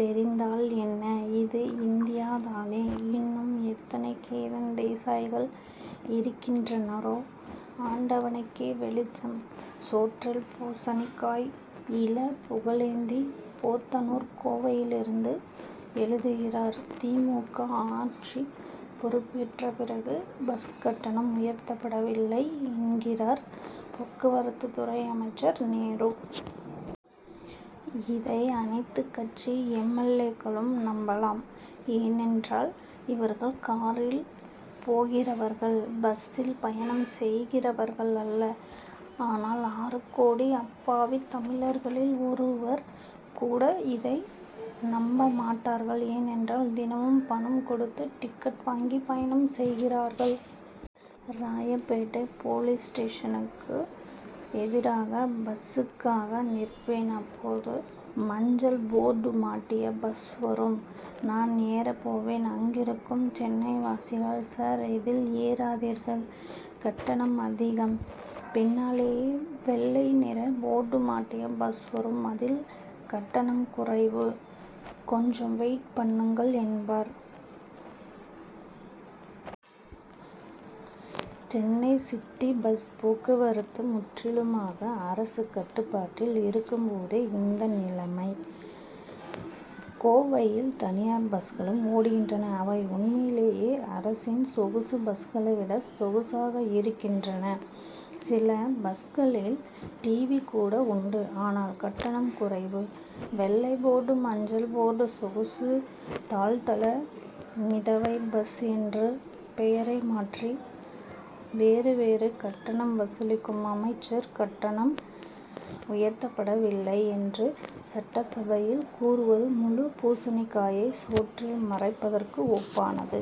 தெரிந்தால் என்ன? இது இந்தியா தானே. இன்னும் எத்தனை கேதன் தேசாய்கள் இருக்கின்றனரோ ஆண்டவனுக்கே வெளிச்சம். சோற்றில் பூசணிக்காய்! இள. புகழேந்தி போத்தனூர் கோவையிலிருந்து எழுதுகிறார் தி. மு. க. ஆட்சி பொறுப்பேற்ற பிறகு பஸ் கட்டணம் உயர்த்தப்படவில்லை என்கிறார் போக்குவரத்துத் துறை அமைச்சர் நேரு. இதை அனைத்துக் கட்சி எம். எல். ஏ.க்களும் நம்பலாம். ஏனென்றால் இவர்கள் காரில் போகிறவர்கள் பஸ்சில் பயணம் செய்கிறவர்கள் அல்ல. ஆனால் ஆறு கோடி அப்பாவித் தமிழர்களில் ஒருவர் கூட இதை நம்ப மாட்டார்கள். ஏனென்றால் தினமும் பணம் கொடுத்து டிக்கெட் வாங்கி பயணம் செய்கிறார்கள். ராயப்பேட்டை போலீஸ் ஸ்டேஷனுக்கு எதிராக பஸ்சுக்காக நிற்பேன். அப்போது மஞ்சள் போர்டு மாட்டிய பஸ் வரும். நான் ஏறப் போவேன். அங்கிருக்கும் சென்னைவாசிகள் சார் இதில் ஏறாதீர்கள் கட்டணம் அதிகம். பின்னாலேயே வெள்ளை நிற போர்டு மாட்டிய பஸ் வரும் அதில் கட்டணம் குறைவு. கொஞ்சம் வெயிட் பண்ணுங்கள் என்பர். சென்னை சிட்டி பஸ் போக்குவரத்து முற்றிலுமாக அரசு கட்டுப்பாட்டில் இருக்கும்போதே இந்த நிலைமை. கோவையில் தனியார் பஸ்களும் ஓடுகின்றன. அவை உண்மையிலேயே அரசின் சொகுசு பஸ்களை விட சொகுசாக இருக்கின்றன. சில பஸ்களில் டிவி கூட உண்டு ஆனால் கட்டணம் குறைவு. வெள்ளை போர்டு மஞ்சள் போர்டு சொகுசு தாழ்தள மிதவை பஸ் என்று பெயரை மாற்றி வேறு வேறு கட்டணம் வசூலிக்கும் அமைச்சர் கட்டணம் உயர்த்தப்படவில்லை என்று சட்டசபையில் கூறுவது முழுப் பூசணிக்காயை சோற்றில் மறைப்பதற்கு ஒப்பானது.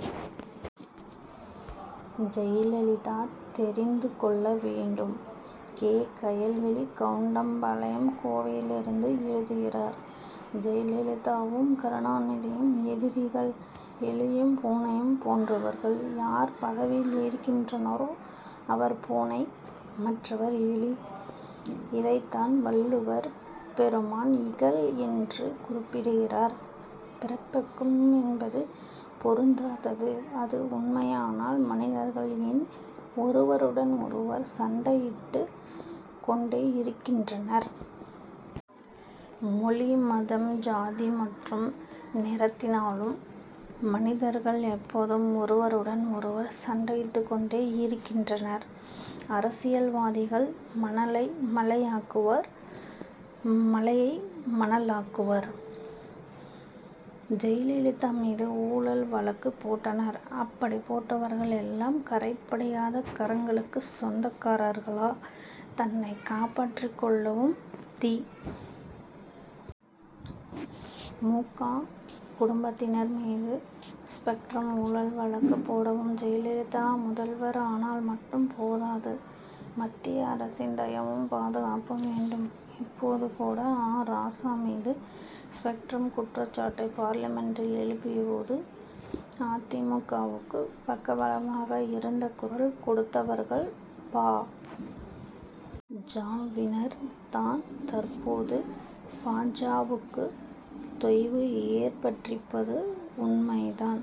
ஜெயலலிதா தெரிந்து கொள்ள வேண்டும்! கே. கயல்விழி கவுண்டம் பாளையம் கோவையிலிருந்து எழுதுகிறார் ஜெயலலிதாவும் கருணாநிதியும் எதிரிகள் எலியும் பூனையும் போன்றவர்கள். யார் பதவியில் இருக்கின்றனரோ அவர் பூனை மற்றவர் எலி. இதைத்தான் வள்ளுவர் பெருமான் இகல் என்று குறிப்பிடுகிறார். பிறப்பொக்கும் என்பது பொருந்தாதது. அது உண்மையானால் மனிதர்கள் ஏன் ஒருவருடன் ஒருவர் சண்டையிட்டுக் கொண்டே இருக்கின்றனர்? மொழி மதம் ஜாதி மற்றும் நிறத்தினாலும் மனிதர்கள் எப்போதும் ஒருவருடன் ஒருவர் சண்டையிட்டுக் கொண்டே இருக்கின்றனர். அரசியல்வாதிகள் மணலை மலை ஆக்குவர் மலையை மணல் ஆக்குவர். ஜெயலலிதா மீது ஊழல் வழக்கு போட்டனர். அப்படி போட்டவர்கள் எல்லாம் கறை படியாத கரங்களுக்கு சொந்தக்காரர்களா? தன்னைக் காப்பாற்றிக் கொள்ளவும் தி. மு. க. குடும்பத்தினர் மீது ஸ்பெக்ட்ரம் ஊழல் வழக்கு போடவும் ஜெயலலிதா முதல்வர் ஆனால் மட்டும் போதாது மத்திய அரசின் தயவும் பாதுகாப்பும் வேண்டும். இப்போது கூட ஆ. ராசா மீது ஸ்பெக்ட்ரம் குற்றச் சாட்டை பார்லிமென்டில் எழுப்பியபோது அ. தி. மு. க.வுக்கு பக்கபலமாக இருந்து குரல் கொடுத்தவர்கள் பா. ஜ.வினர் தான். தற்போது பா. ஜ.வுக்கு தொய்வு ஏற்பட்டிருப்பது உண்மைதான்.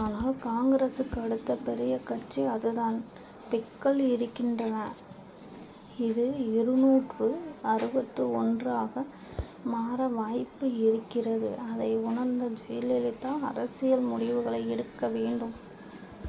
ஆனால் காங்கிரசுக்கு அடுத்த பெரிய கட்சி அதுதான். பி.க்கள் இருக்கின்றனர். இது இருநூற்று அறுபத்தி ஒன்று ஆக மாற வாய்ப்பு இருக்கிறது. அதை உணர்ந்து ஜெயலலிதா அரசியல் முடிவுகளை எடுக்க வேண்டும்.